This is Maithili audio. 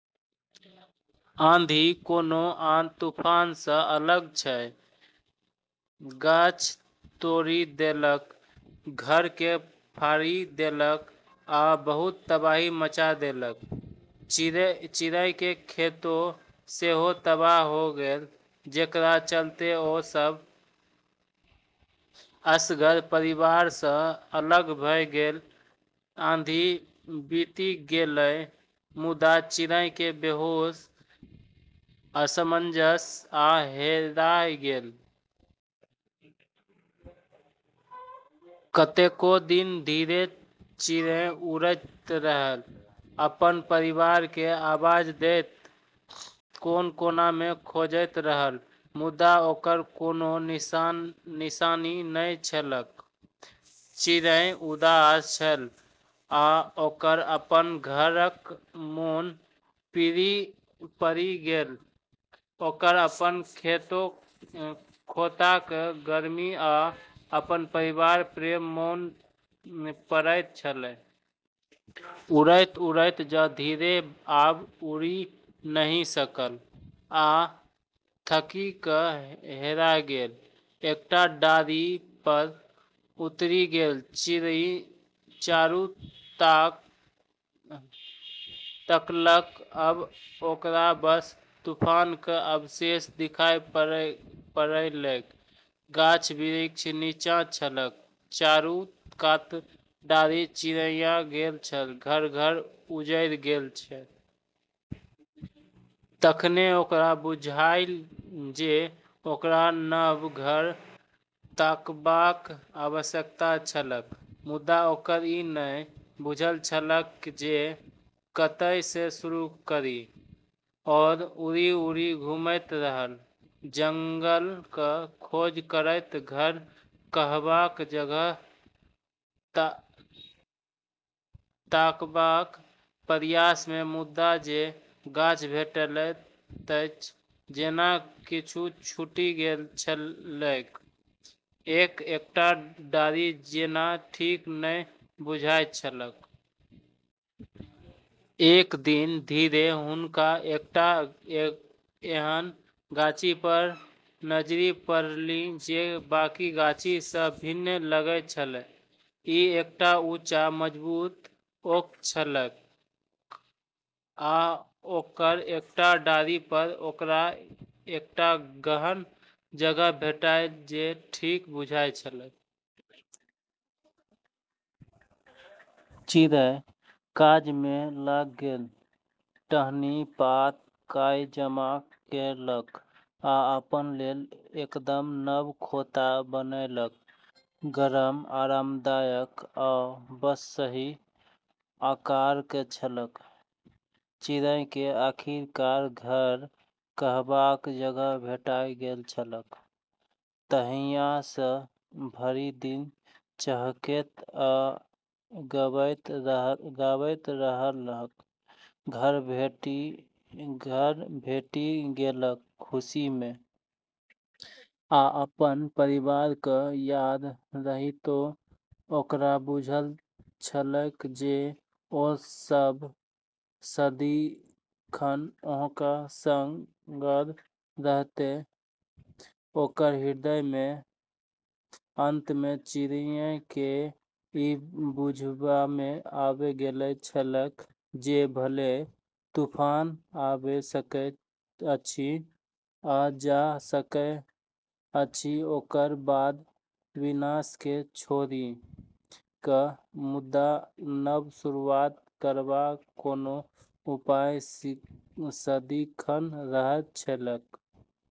आंधी कोनो आन तूफानसँ अलग छल, गाछ तोड़ि देलक, घरके फाड़ि देलक आ बहुत तबाही मचा देलक। चिड़ैके खोंता सेहो तबाह होइ गेलै, जेकरा चलते ओ सब असगर, परिवारसँ अलग भ' गेलै। आंधी बीति गेलै, मुदा चिड़ैकेँ बेहोश, असमंजस आ हेरा गेल। कतेको दिन धरि चिड़ै उड़ैत रहल, अपन परिवारकेँ आवाज दैत, कोन-कोनमे खोजैत रहल, मुदा ओकर कोनो निशानी नहि छलैक। चिड़ै उदास छल, आ ओकरा अपन घरक मोन पड़ि गेलै। ओकरा अपन खोंताक गर्मी, आ अपन परिवारक प्रेम मोन पड़ैत छलैक। उड़ैत-उड़ैत जा धरि आब उड़ि नहि सकल, आ थाकि क' हेरा गेल एकटा डारि पर उतरि गेल। चिड़ै चारू कात तकलक, आ ओकरा बस तूफानक अवशेष देखाइ पड़लैक। गाछ-बिरिछ निच्चाँ छल, चारू कात डारि छिड़िया गेल छल, घर-घर उजड़ि गेल छल। तखने ओकरा बुझाइल जे ओकरा नव घर ताकबाक आवश्यकता छैक, मुदा ओकरा ई नहि बुझल छलैक जे कतयसँ शुरू करी। ओ उड़ि-उड़ि घुमैत रहल, जंगलक खोज करैत, घर कहबाक जगह ताकबाक प्रयासमे। मुदा जे गाछ भेटलैक तऽ जेना किछ छूटि गेल छलैक, एक-एकटा डारि जेना ठीक नहि बुझाइत छलैक। एक दिन धरि हुनका एकटा एहन गाछ पर नजरि पड़लनि जे बाकी गाछ सभसँ भिन्न लगैत छल। ई एकटा ऊँच, मजबूत ओक छलैक आ ओकर एकटा डारि पर ओकरा एकटा एहन जगह भेटलैक जे ठीके बुझाइत छलैक। चिड़ै काजमे लागि गेलै, टहनी, पात, काई जमा केलक आ अपना लेल एकदम नव खोंता बनौलक। गर्म, आरामदायक आ बस सही आकारक छल। चिड़ैकेँ आखिरकार घर कहबाक जगह भेटि गेल छलैक। तहियासँ भरि दिन चहकैत आ गबैत रहलाह, घर भेटि गेलाक खुशीमे। आ अपन परिवारक याद रहितो ओकरा बुझल छलैक जे ओ सभ सदिखन ओकर सङ्ग रहतैक, ओकर हृदयमे। अंतमे चिड़ैकेँ ई बुझबामे आबि गेल छलैक जे भले तूफान आबि सकैत अछि आ जा सकैत अछि, ओकर बाद विनाशकेँ छोड़ि क', मुदा नव शुरुआत करबाक कोनो उपाय सदिखन रहैत छैक।